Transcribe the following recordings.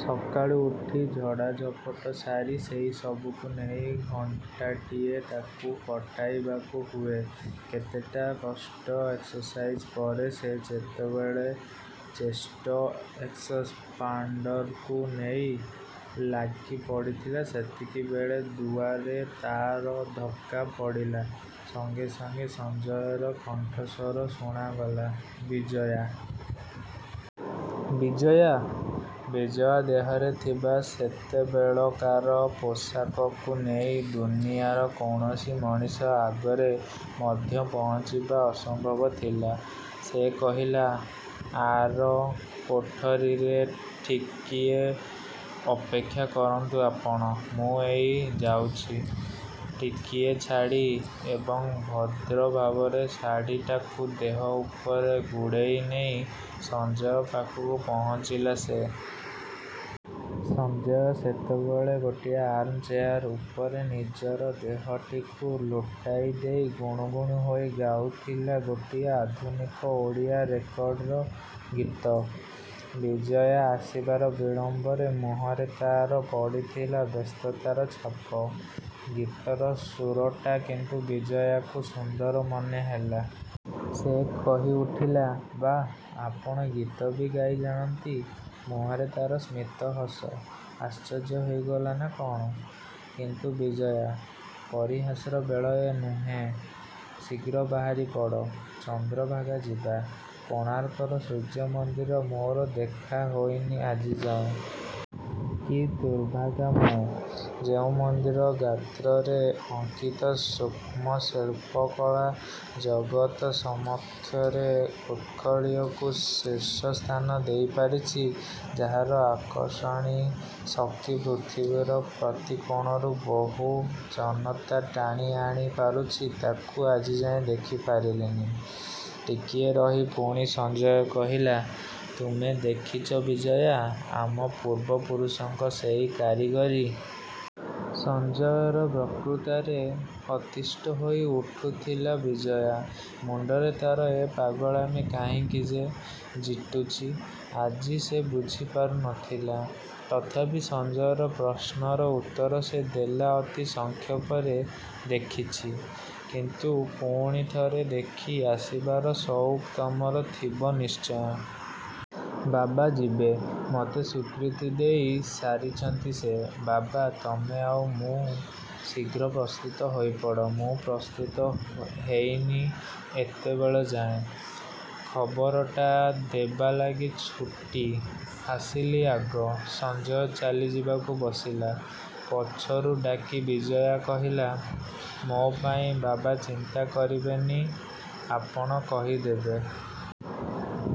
ସକାଳୁ ଉଠି ଝାଡ଼ାଝପଟ ସାରି ସେଇ ସବୁକୁ ନେଇ ଘଣ୍ଟାଟିଏ ତାକୁ କଟାଇବାକୁ ହୁଏ। କେତେଟା କଷ୍ଟ ଏକ୍ସରସାଇଜ୍ ପରେ ସେ ଯେତେବେଳେ ଚେଷ୍ଟ ଏକ୍ସପାଣ୍ତରକୁ ନେଇ ଲାଗି ପଡ଼ିଥିଲା ସେତିକିବେଳେ ଦୁଆରେ ତା'ର ଧକ୍କା ପଡ଼ିଲା ସଙ୍ଗେ ସଙ୍ଗେ ସଞ୍ଜୟର କଣ୍ଠସ୍ଵର ଶୁଣାଗଲା— "ବିଜୟା……. ବିଜୟା! '' ବିଜୟା ଦେହରେ ଥିବା ସେତେବେଳକାର ପୋଷାକକୁ ନେଇ ଦୁନିଆର କୌଣସି ମଣିଷ ଆଗରେ ମଧ୍ୟ ପହଞ୍ଚିବା ଅସମ୍ଭବ ଥିଲା। ସେ କହିଲା— "ଆର କୋଠରୀରେ ଟିକିଏ ଅପେକ୍ଷା କରନ୍ତୁ ଆପଣ। ମୁଁ ଏଇ ଯାଉଚି। '' ଟିକିଏ ଛାଡ଼ି, ଏବଂ ଭଦ୍ରଭାବରେ ଶାଢ଼ିଟାକୁ ଦେହ ଉପରେ ଗୁଡ଼େଇ ନେଇ ସଞ୍ଜୟ ପାଖରେ ପହଞ୍ଚିଲା ସେ। ସଞ୍ଜୟ ସେତେବେଳେ ଗୋଟିଏ ଆର୍ମଚେୟାର ଉପରେ ନିଜର ଦେହଟିକୁ ଲୋଟାଇ ଦେଇ ଗୁଣୁ ଗୁଣୁ ହୋଇ ଗାଉଥିଲା ଗୋଟିଏ ଆଧୁନିକ ଓଡ଼ିଆ ରେକର୍ଡ଼ର ଗୀତ। ବିଜୟା ଆସିବାର ବିଳମ୍ଵରେ ମୁହଁରେ ତା'ର ପଡ଼ିଥିଲା ବ୍ୟସ୍ତତାର ଛାପ। ଗୀତର ସୁରଟା କିନ୍ତୁ ବିଜୟାକୁ ସୁନ୍ଦର ମନେ ହେଲା। ସେ କହି ଉଠିଲା— "ବାଃ, ଆପଣ ଗୀତ ବି ଗାଇ ଜାଣନ୍ତି" ମୁହଁରେ ତା'ର ସ୍ମିତ ହସ। "ଆଶ୍ଚର୍ଯ୍ୟ ହୋଇଗଲ ନା କଣ? କିନ୍ତୁ ବିଜୟା! ପରିହାସର ବେଳ ଏ ନୁହେଁ। ଶିଘ୍ର ବାହାରି ପଡ଼। ଚନ୍ଦ୍ର ଭାଗା ଯିବା। କୋଣାର୍କର ସୂର୍ଯ୍ୟ ମନ୍ଦିର ମୋର ଦେଖା ହୋଇନି ଆଜିଯାଏ। କି ଦୁର୍ଭାଗା ମୁଁ। ଯେଉଁ ମନ୍ଦିର ଗାତ୍ରରେ ଅଙ୍କିତ ସୂକ୍ଷ୍ମ ଶିଳ୍ପକଳା ଜଗତ ସମକ୍ଷରେ ଉତ୍କଳୀୟକୁ ଶୀର୍ଷ ସ୍ଥାନ ଦେଇ ପାରିଚି, ଯାହାର ଆକର୍ଷଣୀ ଶକ୍ତି ପୃଥିବୀର ପ୍ରତି କୋଣରୁ ବହୁ ଜନତା ଟାଣି ଆଣି ପାରୁଚି ତାକୁ ଆଜିଯାଏ ଦେଖି ପାରିଲିନି। '' ଟିକିଏ ରହି ପୁଣି ସଞ୍ଜୟ କହିଲା— "ତୁମେ ଦେଖିଚ ବିଜୟା, ଆମ ପୂର୍ବ ପୁରୁଷଙ୍କର ସେଇ କାରିଗରୀ? '' ସଞ୍ଜୟର ବକୃତାରେ ଅତିଷ୍ଠ ହୋଇ ଉଠୁଥିଲା ବିଜୟା। ମୁଣ୍ତରେ ତା'ର ଏ ପାଗଳାମି କାହିଁକି ଯେ ଯୁଟିଚି ଆଜି ସେ ବୁଝିପାରୁ ନ ଥିଲା। ତଥାପି ସଞ୍ଜୟର ପ୍ରଶ୍ନର ଉତ୍ତର ସେ ଦେଲା ଅତି ସଂକ୍ଷପରେ "ଦେଖିଛି। '' "କିନ୍ତୁ ପୁଣିଥରେ ଦେଖି ଆସିବାର ସଉକ ତମର ଥିବ ନିଶ୍ଚୟ। ବାବା ଯିବେ। ମୋତେ ସ୍ଵୀକୃତି ଦେଇ ସାରିଚନ୍ତି ସେ। ବାବା, ତମେ ଆଉ ମୁଁ। ଶିଘ୍ର ପ୍ରସ୍ତୁତ ହୋଇପଡ଼। ମୁଁ ପ୍ରସ୍ତୁତ ହେଇନି ଏତେବେଳଯାଏ। ଖବରଟା ଦେବାଲାଗି ଛୁଟି। ଆସିଲି ଆଗ। '' ସଞ୍ଜୟ ଚାଲି ଯିବାକୁ ବସିଲା। ପଛରୁ ଡାକି ବିଜୟା କହିଲା—"ମୋ ପାଇଁ ବାବା ଚିନ୍ତା କରିବେ ନି ଆପଣ କହି ଦେବେ।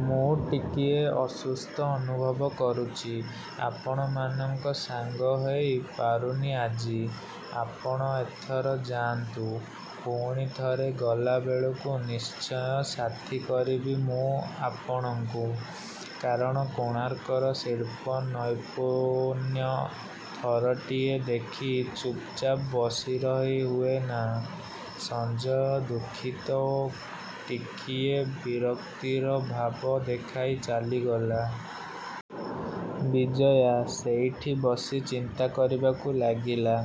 ମୁଁ ଟିକିଏ ଅସୁସ୍ଥ ଅନୁଭବ କରୁଚି। ଆପଣମାନଙ୍କ ସାଙ୍ଗ ହେଇ ପାରୁନି ଆଜି। ଆପଣ ଏଥର ଯାଆନ୍ତୁ। ପୁଣିଥରେ ଗଲାବେଳକୁ ନିଶ୍ଚୟ ସାଥି କରିବି ମୁଁ ଆପଣଙ୍କୁ। କାରଣ କୋଣାର୍କର ଶିଳ୍ପ ନୈପୁଣ୍ୟ ଥରେଟିଏ ଦେଖି ଚୁପ ଚାପ୍ ବସିରହି ହୁଏ ନା। '' ସଞ୍ଜୟ ଦୁଃଖିତ ଓ ଟିକିଏ ବିରକ୍ତିର ଭାବ ଦେଖାଇ ଚାଲିଗଲା। ବିଜୟା ସେଇଠି ବସି ଚିନ୍ତା କରିବାକୁ ଲାଗିଲା।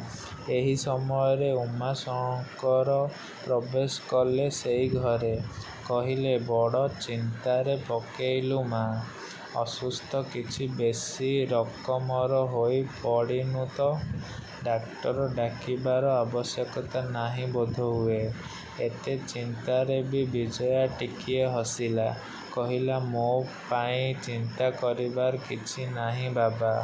ଏହି ସମୟରେ ଉମାଶଙ୍କର ପ୍ରବେଶ କଲେ ସେଇ ଘରେ। କହିଲେ— "ବଡ଼ ଚିନ୍ତାରେ ପକେଇଲୁ ମା! ଅସୁସ୍ଥ କିଛି ବେଶି ରକମର ହୋଇ ପଡ଼ିନୁ ତ? ଡାକ୍ତର ଡାକିବାର ଆବଶ୍ୟକତା ନାହିଁ ବୋଧହୁଏ? '' ଏତେ ଚିନ୍ତାରେ ବି ବିଜୟା ଟିକିଏ ହସିଲା। କହିଲା "ମୋ ପାଇଁ ଚିନ୍ତା କରିବାର କିଛି ନାହିଁ ବାବା!